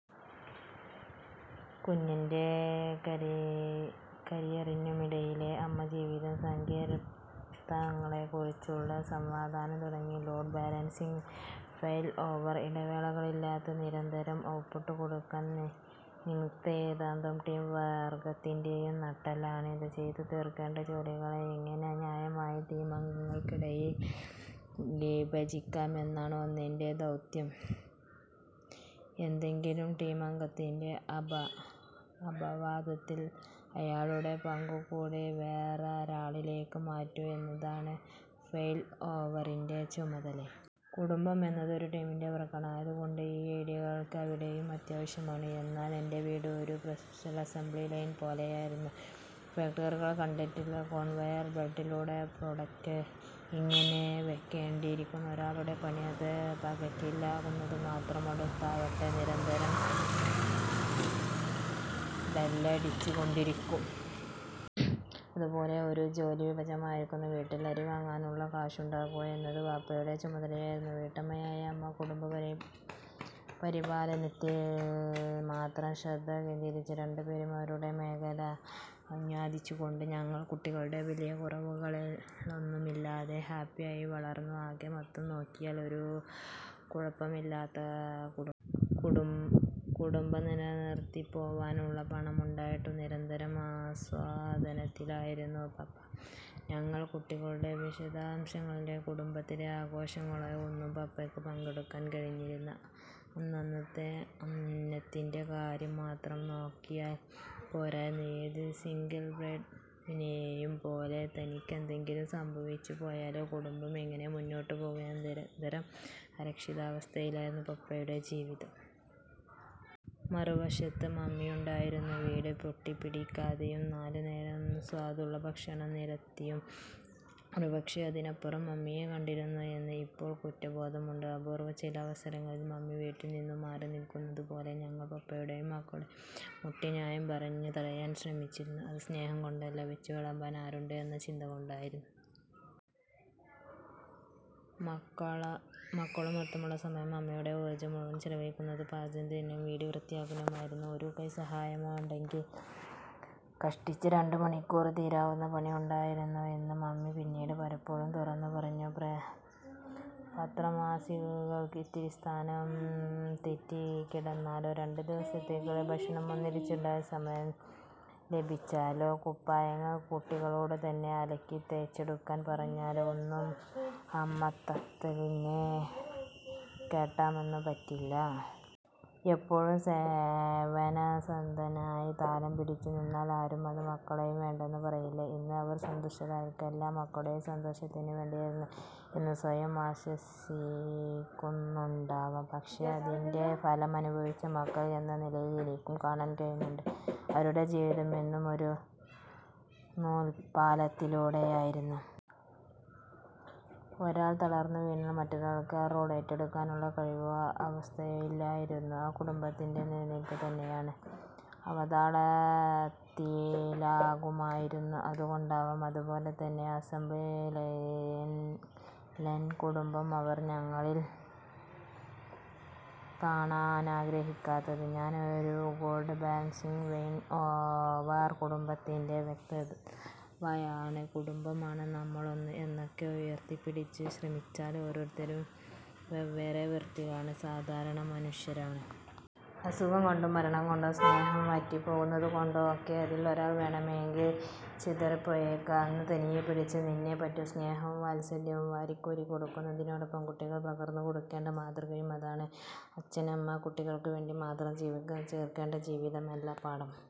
കുഞ്ഞിനും കരിയറിനുമിടയിലെ അമ്മ ജീവിതത്തിൻ്റെ സങ്കീർണ്ണതകളെക്കുറിച്ചുള്ള സംവാദം തുടരുന്നു. Load balancing, failover. ഇടവേളകളില്ലാതെ നിരന്തരം ഔട്ട്പുട്ട് കൊടുക്കാൻ നിയുക്തമായ ഏതൊരു ടീം വർക്കിൻ്റെയും നട്ടെല്ലാണിത്. ചെയ്തു തീർക്കേണ്ട ജോലികളെ എങ്ങനെ ന്യായമായി ടീമംഗങ്ങൾക്കിടയിൽ വിഭജിക്കാം എന്നതാണ് ഒന്നിൻ്റെ ദൗത്യം. ഏതെങ്കിലും ടീമംഗത്തിൻ്റെ അഭാവത്തിൽ അയാളുടെ പങ്കു കൂടി വേറൊരാളിലേക്ക് മാറ്റുക എന്നത് ഫെയിൽ ഓവറിൻ്റെ ചുമതലയും. കുടുംബം എന്നതും ഒരു ടീം വർക്ക് ആയതുകൊണ്ട് ഈ ഐഡിയകൾ അവിടെയും അത്യാവശ്യമാണ്. എന്നാൽ എൻ്റെ വീട് ഒരു പ്രൊഡക്ഷൻ അസംബ്ലി ലൈൻ പോലെയായിരുന്നു. ഫാക്ടറികൾ കണ്ടിട്ടില്ലേ, കൺവെയർ ബെൽറ്റിലൂടെ പ്രൊഡക്റ്റ് ഇങ്ങനെ പോയ്ക്കൊണ്ടിരിക്കും. ഒരാളുടെ പണി അത് പാക്കറ്റിലാക്കുന്നത് മാത്രം. അടുത്തയാളാവട്ടെ നിരന്തരം ലേബലൊട്ടിച്ചുകൊണ്ടിരിക്കും. അതുപോലെ ഒരു ജോലി വിഭജനമായിരുന്നു വീട്ടിൽ. അരി വാങ്ങാനുള്ള കാശുണ്ടാക്കുക എന്നത് പപ്പയുടെ ചുമതലയായിരുന്നു. വീട്ടമ്മയായ അമ്മ കുടുംബപരിപാലനത്തിൽ മാത്രം ശ്രദ്ധ കേന്ദ്രീകരിച്ചു. രണ്ടുപേരും അവരവരുടെ മേഖലയിൽ ആഞ്ഞദ്ധ്വാനിച്ചതുകൊണ്ട് ഞങ്ങൾ കുട്ടികൾ വലിയ കുറവുകളൊന്നുമില്ലാതെ ഹാപ്പിയായി വളർന്നു. ആകെ മൊത്തം നോക്കിയാൽ ഒരു കുഴപ്പവുമില്ലാത്ത കുടുംബം. കുടുംബം നിലനിർത്തിപ്പോവാനുള്ള പണമുണ്ടാക്കാനുള്ള നിരന്തര അധ്വാനത്തിലായിരുന്നു പപ്പ. ഞങ്ങൾ കുട്ടികളുടെ വിശേഷാവസരങ്ങളിലോ കുടുംബത്തിലെ ആഘോഷങ്ങളിലോ ഒന്നും പപ്പയ്ക്ക് പങ്കെടുക്കാൻ കഴിഞ്ഞിരുന്നില്ല. അന്നന്നത്തെ അന്നത്തിൻ്റെ കാര്യം മാത്രം നോക്കിയാൽ പോരായിരുന്നു. ഏത് സിംഗിൾ ബ്രെഡ് വിന്നറെയും പോലെ, തനിക്കെന്തെങ്കിലും സംഭവിച്ചു പോയാൽ കുടുംബം എങ്ങനെ മുന്നോട്ടു പോകും എന്ന നിരന്തരമായ അരക്ഷിതാവസ്ഥയിലായിരുന്നു പപ്പയുടെ ജീവിതം. മറുവശത്ത് മമ്മിയുണ്ടായിരുന്നു. വീട് പൊടിപിടിക്കാതെയും നാലുനേരം സ്വാദുള്ള ഭക്ഷണം നിരത്തിയും. ഒരുപക്ഷെ അതിനപ്പുറം മമ്മിയെ കണ്ടിരുന്നോ എന്ന് ഇപ്പോൾ കുറ്റബോധമുണ്ട്. അപൂർവ്വം ചില അവസരങ്ങളിൽ മമ്മി വീട്ടിൽ നിന്നും മാറി നിൽക്കുന്നത് പോലും ഞങ്ങൾ പപ്പയും മക്കളും മുട്ടുന്യായം പറഞ്ഞ് തടയാൻ ശ്രമിച്ചിരുന്നു. അത് സ്നേഹം കൊണ്ടല്ല, വെച്ചുവിളമ്പാൻ ആരുണ്ട് എന്ന ചിന്ത കൊണ്ടായിരുന്നു. മക്കളുമൊത്തുള്ള സമയത്തും മമ്മിയുടെ ഊർജ്ജം മുഴുവൻ ചെലവായിരുന്നത് പാചകം ചെയ്യാനും വീടു വൃത്തിയാക്കാനും ആയിരുന്നു. ഒരു കൈസഹായമുണ്ടായിരുന്നെങ്കിൽ കഷ്ടിച്ച് രണ്ടു മണിക്കൂറിൽ തീരാനുള്ള പണിയേ ഉണ്ടായിരുന്നുള്ളൂ എന്ന് മമ്മി പിന്നീട് പലപ്പോഴും തുറന്നു പറഞ്ഞിരുന്നു. പത്രമാസികകൾ ഇത്തിരി സ്ഥാനം തെറ്റി കിടന്നാലോ, രണ്ടു ദിവസത്തേക്കുള്ള ഭക്ഷണം ഒന്നിച്ചുണ്ടാക്കി സമയം ലാഭിച്ചാലോ, കുപ്പായങ്ങൾ കുട്ടികളോട് തന്നെ അലക്കി തേച്ചെടുക്കാൻ പറഞ്ഞാലോ ഒന്നും അമ്മത്തത്തിന് കോട്ടമൊന്നും പറ്റില്ല. എപ്പോഴും സേവനസന്നദ്ധയായി താലം പിടിച്ചു നിന്നാൽ ആരും, അത് മക്കളായാലും വേണ്ടെന്ന് പറയില്ല. ഇന്ന് അവർ സന്തുഷ്ടരായിരിക്കാം. എല്ലാം മക്കളുടെ സന്തോഷത്തിന് വേണ്ടിയായിരുന്നു എന്ന് സ്വയം ആശ്വസിക്കുന്നുണ്ടാവാം. പക്ഷെ അതിൻ്റെ ഫലമനുഭവിച്ച മകൾ എന്ന നിലയിൽ എനിക്ക് കാണാൻ കഴിയുന്നുണ്ട്, അവരുടെ ജീവിതം എന്നും ഒരു നൂൽപ്പാലത്തിലൂടെയായിരുന്നു. ഒരാൾ തളർന്നു വീണാൽ, മറ്റേയാൾക്ക് ആ റോൾ ഏറ്റെടുക്കാനുള്ള കഴിവോ അവസ്ഥയോ ഇല്ലായിരുന്നു. ആ കുടുംബത്തിൻ്റെ നിലനിൽപു തന്നെ അവതാളത്തിലാകുമായിരുന്നു. അതുകൊണ്ടാവാം, അതുപോലെ ഒരു അസംബ്ലി ലൈൻ കുടുംബം അവർ ഞങ്ങളിൽ കാണാനാഗ്രഹിക്കാത്തത്. ഞാൻ ഒരു ലോഡ് ബാലൻസിംഗ് ഫെയിൽ ഓവർ കുടുംബത്തിൻ്റെ വക്താവായത്. കുടുംബമാണ്, നമ്മളൊന്നാണ് എന്നൊക്കെ ഉയർത്തിപ്പിടിക്കാൻ ശ്രമിച്ചാലും ഓരോരുത്തരും വെവ്വേറെ വ്യക്തികളാണ്, സാധാരണ മനുഷ്യരാണ്. അസുഖം കൊണ്ടോ മരണം കൊണ്ടോ സ്നേഹം വറ്റിപ്പോകുന്നതുകൊണ്ടോ ഒക്കെ അതിൽ ഒരാൾ വേണമെങ്കിൽ ചിതറിപ്പോയേക്കാം. അന്ന് തനിയെ പിടിച്ചു നിന്നേ പറ്റൂ. സ്നേഹവും വാത്സല്യവും വാരിക്കോരി കൊടുക്കുന്നതിനൊപ്പം കുട്ടികൾക്ക് പകർന്നു കൊടുക്കേണ്ട മാതൃകയും അതാണ്. അച്ഛനും അമ്മയും കുട്ടികൾക്ക് വേണ്ടി മാത്രം ജീവിച്ചു തീർക്കേണ്ട ജീവികളല്ലെന്ന പാഠം.